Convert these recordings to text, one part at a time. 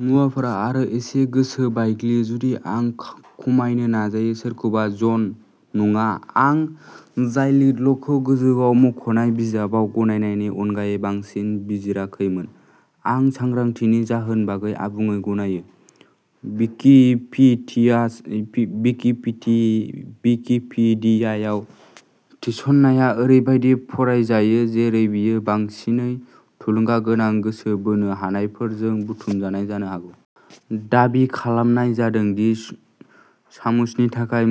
मुवाफोरा आरो एसे गोसो बायग्लियो जुदि आं खमायनो नाजायो सोरखौबा जन, नङा, आं जाइलिट'लखौ गोजौआव मख'नाय बिजाबाव गनायनायनि अनगायै बांसिन बिजिराखैमोन। आं सांग्रांथिनि जाहोननि बागै आबुङै गनायो। विकिपीडियायाव थिसननाया ओरैबायदि फरायजायो जेरै बेयो बांसिनै थुलुंगा गोनां गोसो बोनो हानायफोरजों बुथुमजानाय जानो हागौ। दाबि खालामनाय जादों दि सामुसनि थाखाय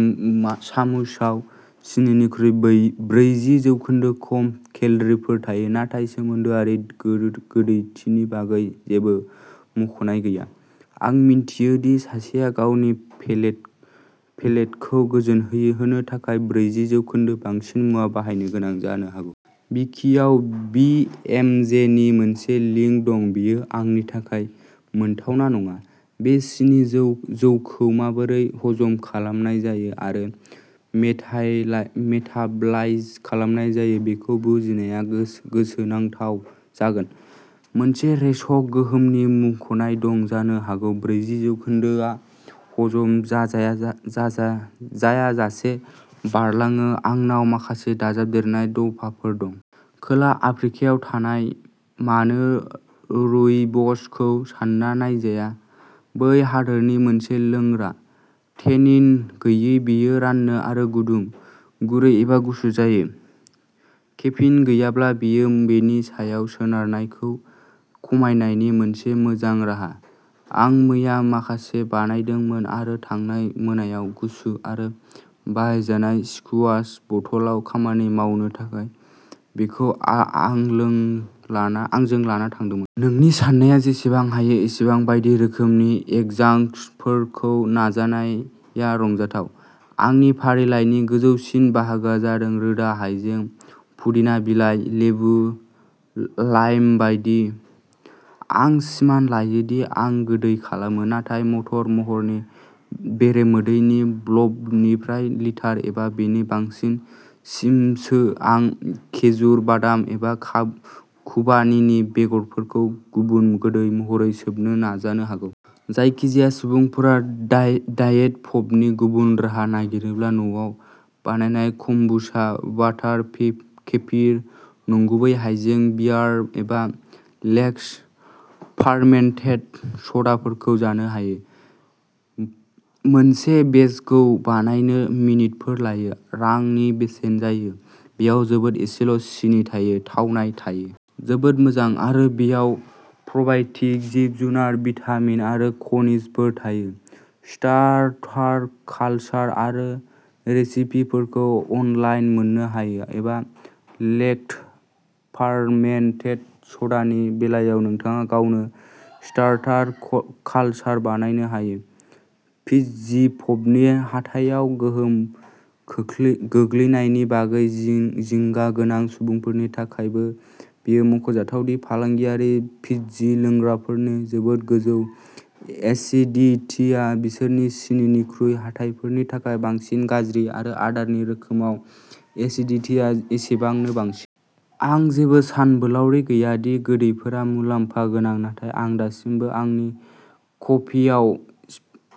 सामुसआव सिनिनिख्रुइ ब्रैजि जौखोन्दो खम केल'रिफोर थायो नाथाय सोमोन्दोआरि गोदैथिनि बागै जेबो मुंख'नाय गैया। आं मिन्थियो दि सासेआ गावनि पेलेटखौ गोजोनहोनो थाखाय ब्रैजि जौखोन्दो बांसिन मुवा बाहायनो गोनां जानो हागौ। विकिआव बि एम जे नि मोनसे लिंक दं बेयो आंनि थाखाय मोनथावना नङा। बे सिनि-जौखौ माबोरै हजम खालामनाय जायो आरो मेटाबलाइज खालामनाय जायो बेखौ बुजिनाया गोसोनांथाव जागोन। मोनसे रेचक गोहोमनि मुंख'नाय दं-जानो हागौ ब्रैजि जौखोन्दो आ हजम जायाजासे बारलाङो आंनाव माखासे दाजाबदेरनाय दफाफोर दं। खोला आफ्रिकायाव थानाय। मानो' रुइबस' खौ सानना नायजाया बै हादोरनि मोनसे लोंग्रा। टेनिन गैयै, बेयो रानो आरो गुदुं, गुरै एबा गुसु जायो। केफिन गैयाब्ला, बेयो बेनि सायाव सोनारनायखौ खमायनायनि मोनसे मोजां राहा। आं मैया माखासे बानायदोंमोन आरो थांनाय मोनायाव गुसु आरो बाहायजानाय स्कुवाश बथलआव खामानि मावनो थाखाय बेखौ आंजों लाना थांदोंमोन। नोंनि साननाया जेसेबां हायो एसेबां बायदि रोखोमनि एडजांक्टफोरखौ नाजानाया रंजाथाव। आंनि फारिलाइनि गोजौसिन बाहागोआ जादों रोदा हायजें, पुदिना बिलाइ, लेबु, लाइम बायदि। आं सिमान लायो दि आं गोदै खालामो नाथाय मटर महरनि बेरेमोदैनि ब्लबनिफ्राय लिटार एबा बेनि बांसिन सिमसो आं खेजुर, बादाम एबा खुबानीनि बेगरफोरखौ गुबुन गोदै महरै सोबनो नाजानो हागौ। जायखिजाया सुबुंफोरा डायेट पपनि गुबुन राहा नागिरोब्ला न'आव बानायनाय कम्बुचा, वाटार केफिर, नंगुबै हायजें बियार, एबा लेक्ट'- फार्मेन्टेड स'डाफोरखौ जानो हायो। मोनसे बेचखौ बानायनो मिनिटफोर लायो, रांनि बेसेन जायो, बेयाव जोबोद एसेल' सिनि थायो, थावनाय थायो। जोबोद मोजां, आरो बेयाव प्र'बाय'टिक जिब-जुनार, भिटामिन आरो खनिजफोर थायो। स्टार्टार कालसार आरो रेसिपिफोरखौ अनलाइन मोननो हायो, एबा लेक्ट'- फार्मेन्टेड स'डानि बेलायाव नोंथाङा गावनो स्टार्टार कालसार बानायनो हायो। फिज्जि पपनि हाथाइआव गोहोम गोग्लैनायनि बागै जिंगा गोनां सुबुंफोरनि थाखायबो बेयो मख'जाथाव दि फालांगियारि फिज्जि लोंग्राफोरनि जोबोद गोजौ एसिडिटीया बिसोरनि सिनिनिख्रुइ हाथाइफोरनि थाखाय बांसिन गाज्रि-आरो आदारनि रोखोमाव एसिडिटीआ एसेबांनो बांसिन। आं जेबो सानबोलावरि गैया दि गोदैफोरा मुलामफा गोनां नाथाय आं दासिमबो आंनि कफिआव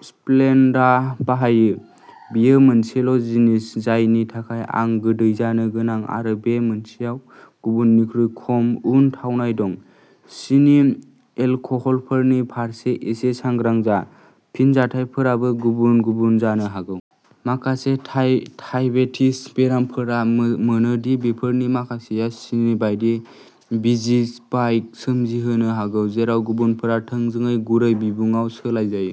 स्प्लेन्डा बाहायो, बेयो मोनसेल' जिनिस जायनि थाखाय आं गोदै जानो गोनां आरो बे मोनसेयाव गुबुन निख्रुइ खम उन-थावनाय दं। सिनि एलकहलफोरनि फारसे एसे सांग्रां जा, फिनजाथायफोराबो गुबुन-गुबुन जानो हागौ। माखासे दाइबेटिस बेरामिफोरा मोनो दि बेफोरनि माखासेया सिनि बायदि बिजि स्पाइक सोमजिहोनो हागौ, जेराव गुबुनफोरा थोंजोङै गुरै बिबुआव सोलायजायो।